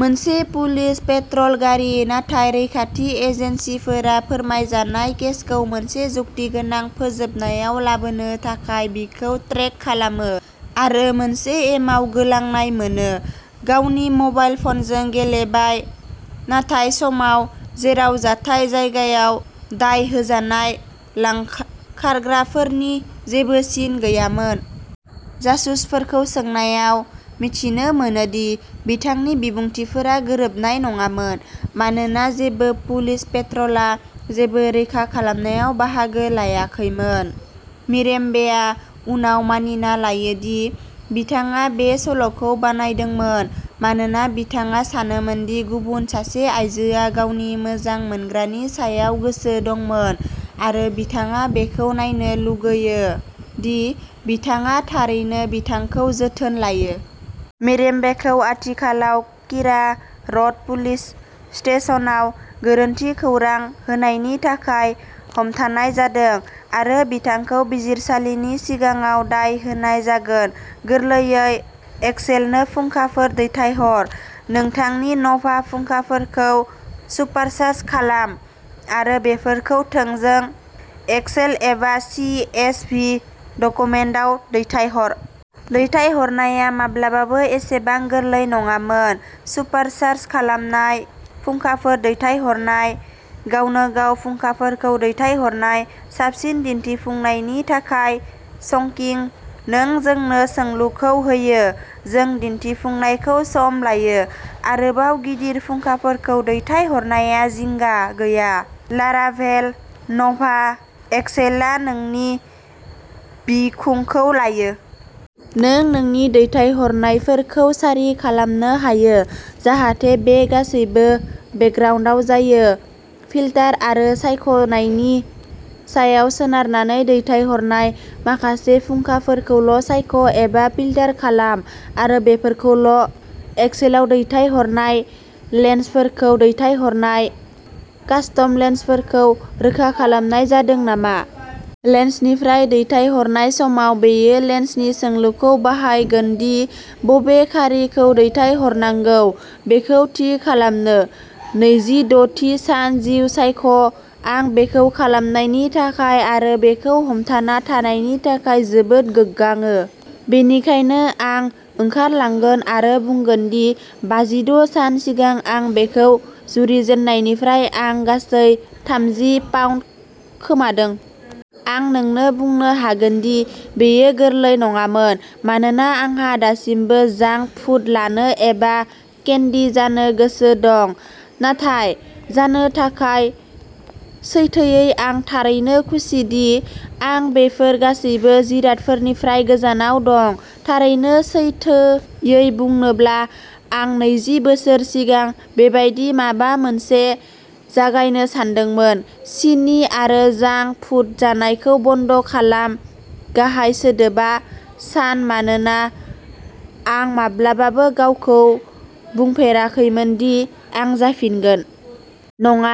मोनसे police patrol गारि। नाथाय रैखाथि एजेन्सिफोरा फोरमायजानाय केसखौ मोनसे जुक्तिगोनां फोजोबनायाव लाबोनो थाखाय, बिखौ ट्रेक खालामो आरो मोनसे एमाव गोलांनाय मोनो, गावनि मबाइल फनजों गेलेबाय थानाय समाव, जेराव जाथाय जायगायाव दाय होजानाय लांखारग्राफोरनि जेबो सिन गैयामोन। जासुसफोरखौ सोंनायाव मिथिनो मोनो दि बिथांनि बिबुंथिफोरा गोरोबनाय नङामोन, मानोना जेबो पुलिस पेट्रलआ जेबो रैखा खालामनायाव बाहागो लायाखैमोन। मिरेम्बेआ उनाव मानिना लायो दि बिथाङा बे सल'खौ बानायदोंमोन मानोना बिथाङा सानोमोनदि गुबुन सासे आइजोआ गावनि मोजां मोनग्रानि सायाव गोसो दंमोन आरो बिथाङा बेखौ नायनो लुगैयो दि बिथाङा'थारैनो बिथांखौ जोथोन लायो'। मिरेम्बेखौ आथिखालाव किरा रड पुलिस स्टेशनाव गोरोन्थि खौरां होनायनि थाखाय हमथानाय जादों आरो बिथांखौ बिजिरसालिनि सिगाङाव दाय होनाय जागोन। गोरलैयै एक्सेलनो फुंखाफोर दैथायहर। नोंथांनि नभा फुंखाफोरखौ सुपारचार्ज खालाम आरो बेफोरखौ थोंजों एक्सेल एबा सि एस भि डकुमेन्टआव दैथायहर। दैथायहरनाया माब्लाबाबो एसेबां गोरलै नङामोन। सुपारचार्ज खालामनाय फुंखाफोर दैथायहरनाय। गावनो गाव फुंखाफोरखौ दैथायहरनाय। साबसिन दिन्थिफुंनायनि थाखाय चंकिं। नों जोंनो सोंलुखौ होयो, जों दिन्थिफुंनायखौ सामलायो। आरोबाव गिदिर फुंखाफोरखौ दैथायहरनाया जिंगा गैया, लाराभेल नभा एक्सेलआ नोंनि बिखुंखौ लायो। नों नोंनि दैथायहरनायफोरखौ सारि खालामनो हायो जाहाथे बे गासैबो बेकग्राउन्दआव जायो। फिल्टार आरो सायख'नायनि सायाव सोनारनानै दैथायहरनाय। माखासे फुंखाफोरखौल' सायख' एबा फिल्टार खालाम आरो बेफोरखौल' एक्सेलआव दैथायहरनाय लेन्सफोरखौ दैथायहरनाय। कास्टम लेन्सफोरखौ रोखा खालामनाय जादों नामा? लेन्सनिफ्राय दैथायहरनाय समाव, बेयो लेन्सनि सोंलुखौ बाहायगोन दि बबे खारिखौ दैथायहरनांगौ बेखौ थि खालामनो! नैजि द'थि सान-जिउ सायख' आं बेखौ खालामनायनि थाखाय आरो बेखौ हमथाना थानायनि थाखाय जोबोद गोग्गाङो। बेनिखायनो आं ओंखारलांगोन आरो बुंगोन दि बाजिद' सान सिगां आं बेखौ जुरिजेननायनिफ्राय आं गासै थामजि पाउन्द खोमादों। आं नोंनो बुंनो हागोन दि बेयो गोरलै नङामोन मानोना आंहा दासिमबो जांक फुड लानो एबा केन्डी जानो गोसो दं, नाथाय जानो थाखाय। सैथोयै, आं थारैनो खुसिदि आं बेफोर गासैबो जिरादफोरनिफ्राय गोजानाव दं। थारैनो सैथोयै बुंनोब्ला आं नैजि बोसोर सिगां बेबादि माबा मोनसे जागायनो सानदोंमोन, सिनि आरो जांक फुड जानायखौ बन्द खालाम गाहाय सोदोबा' सान' मानोना आं माब्लाबाबो गावखौ बुंफेराखैमोन दि आं जाफिनगोन। नङा,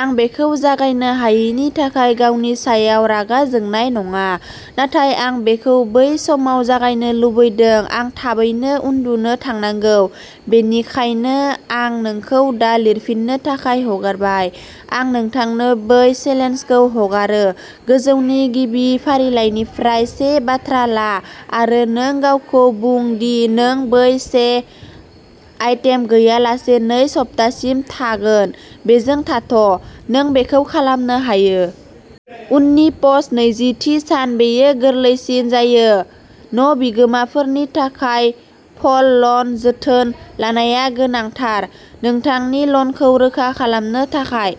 आं बेखौ जागायनो हायैनि थाखाय गावनि सायाव रागा जोंनाय नङा, नाथाय आं बेखौ बै समाव जागायनो लुबैदों। आं थाबैनो उन्दुनो थांनांगौ, बेनिखायनो आं नोंखौ दा लिरफिन्नो थाखाय हगारबाय। आं नोंथांनो बे चेलेन्जखौ हगारो-गोजौनि गिबि फारिलाइनिफ्राय से बाथ्रा ला आरो नों गावखौ बुं दि नों बै से आइटेम गैयालासे नै सप्तासिम थागोन बेजों थाथ ' नों बेखौ खालामनो हायो। उननि पस्ट नैजिथि सान-बेयो गोरलैसिन जायो न'बिगोमाफोरनि थाखाय फल लन जोथोन लानाया गोनांथार। नोंथांनि लनखौ रोखा खालामनो थाखाय।